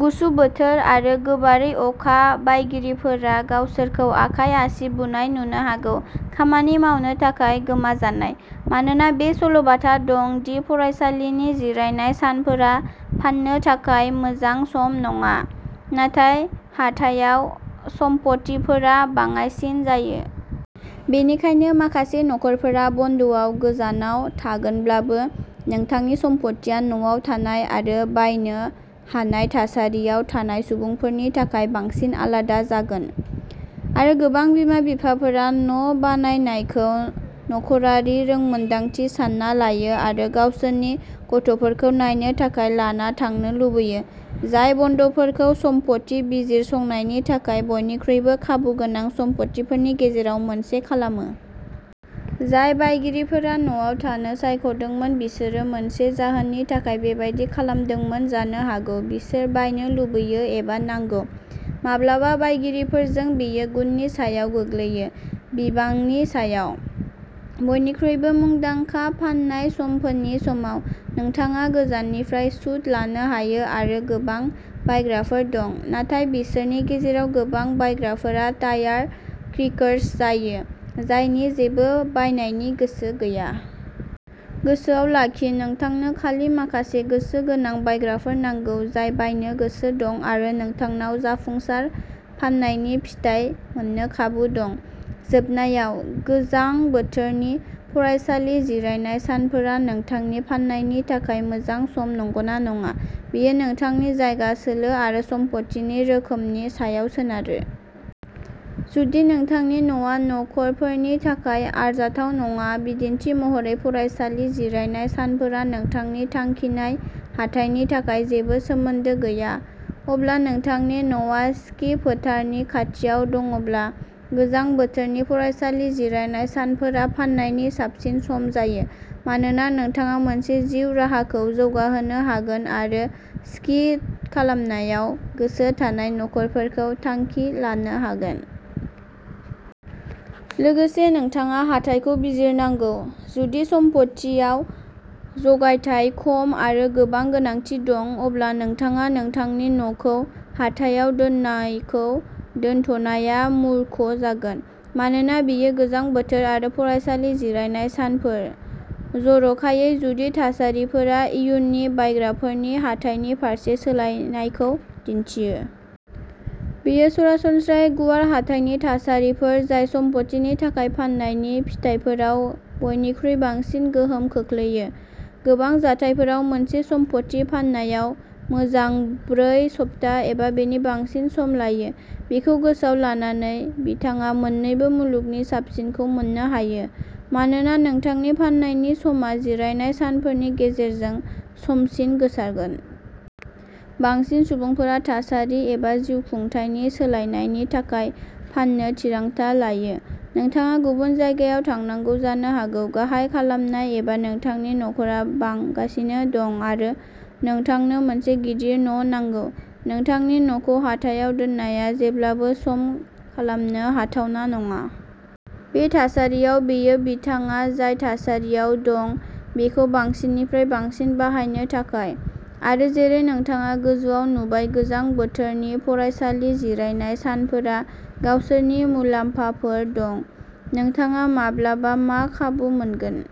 गुसु बोथोर आरो गोबारै अखा बायगिरिफोरा गावसोरखौ आखाइ आसि बुनाय नुनो हागौ, खामानि मावनो थाखाय गोमाजानाय। मानोना बे सल'-बाथा दं दि फरायसालिनि जिरायनाय सानफोरा फाननो थाखाय मोजां सम नङा, नाथाय हाथायाव सम्फथिफोरा बाङायसिन जायो। बेनिखायनो माखासे नखरफोरा बन्द'आव गोजानाव थागोनब्लाबो, नोंथांनि सम्फथिआ न'आव थानाय आरो बायनो हानाय थासारियाव थानाय सुबुंफोरनि थाखाय बांसिन आलादा जागोन। आरो गोबां बिमा-बिफाफोरा न' बायनायखौ नखरारि रोंमोनदांथि सानना लायो आरो गावसोरनि गथ'फोरखौ नायनो थाखाय लाना थांनो लुबैयो, जाय बन्द'फोरखौ सम्फथि बिजिरसंनायनि थाखाय बयनिख्रुइबो खाबुगोनां समफोरनि गेजेराव मोनसे खालामो। जाय बायगिरिफोरा न'आव थानो सायख'दोंमोन बिसोरो मोनसे जाहोननि थाखाय बेबादि खालामदोंमोन जानो हागौ-बिसोर बायनो लुबैयो एबा नांगौ। माब्लाबा बायगिरिफोरजों बेयो गुननि सायाव गोग्लैयो, बिबांनि सायाव। बयनिख्रुइबो मुंदांखा फाननाय समफोरनि समाव, नोंथाङा गोजाननिफ्राय सुद लानो हायो आरो गोबां बायग्राफोर दं, नाथाय बिसोरनि गेजेराव गोबां बायग्राफोरा टायार-किकर्स जायो, जायनि जेबो बायनायनि गोसो गैया। गोसोआव लाखि, नोंथांनो खालि माखासे गोसो गोनां बायग्राफोर नांगौ, जाय बायनो गोसो दं आरो नोंथांनाव जाफुंसार फाननायनि फिथाय मोननो खाबु दं। जोबनायाव, गोजां बोथोरनि फरायसालि जिरायनाय सानफोरा नोंथांनि फाननायनि थाखाय मोजां सम नंगौना नङा, बेयो नोंथांनि जायगा, सोलो आरो सम्पथिनि रोखोमनि सायाव सोनारो। जुदि नोंथांनि न'आ नखरफोरनि थाखाय आरजाथाव नङा, बिदिन्थि महरै, फरायसालि जिरायनाय सानफोरा नोंथांनि थांखिनाय हाथाइनि थाखाय जेबो सोमोन्दो गैया। एबा नोंथांनि न'आ स्कि फोथारनि खाथियाव दङब्ला, गोजां बोथोरनि फरायसालि जिरायनाय सानफोरा फाननायनि साबसिन सम जायो, मानोना नोंथाङा मोनसे जिउ राहाखौ जौगाहोनो हागोन आरो स्कि खालामनायाव गोसो थानाय नखरफोरखौ थांखि लानो हागोन। लोगोसे, नोंथाङा हाथाइखौ बिजिरनांगौ। जुदि सम्फथिआव जगायथाय खम आरो गोबां गोनांथि दं, अब्ला नोंथाङा नोंथांनि न'खौ हाथायाव दोननायखौ दोनथ'नाया मुरख’ जागोन। मानोना बेयो गोजां बोथोर आरो फरायसालि जिरायनाय सानफोर जर'खायै जुदि थासारिफोरा इयुननि बायग्राफोरनि हाथाइनि फारसे सोलायनायखौ दिन्थियो। बेयो सरासनस्रायै गुवार हाथाइनि थासारिफोर जाय सम्पथिनि थाखाय फाननायनि फिथाइफोराव बयनिख्रुइ बांसिन गोहोम खोख्लैयो। गोबां जाथायफोराव, मोनसे सम्पथि फाननायाव मोजां ब्रै सप्ता एबा बेनि बांसिन सम लायो। बेखौ गोसोआव लानानै, नोंथाङा मोननैबो मुलुगनि साबसिनखौ मोननो हायो, मानोना नोंथांनि फाननायनि समा जिरायनाय सानफोरनि गेजेरजों समसिम गोसारगोन। बांसिन सुबुंफोरा थासारि एबा जिउखुंथायनि सोलायनायनि थाखाय फाननो थिरांथा लायो। नोंथाङा गुबुन जायगायाव थांनांगौ जानो हागौ, गाहाय खालाम एबा नोंथांनि नखरा बांगासिनो दं आरो नोंथांनो मोनसे गिदिर न' नांगौ। नोंथांनि न'खौ हाथायाव दोननाया जेब्लाबो सम खालामनो हाथावना नङा। बे थासारियाव, बेयो नोंथाङा जाय थासारियाव दं बेखौ बांसिननिफ्राय बांसिन बाहायनो थाखाय। आरो जेरै नोंथाङा गोजौआव नुबाय गोजां बोथोरनि फरायसालि जिरायनाय सानफोरा गावसोरनि मुलाम्फाफोर दं। नोंथाङा माब्लाबा मा खाबु मोनगोन?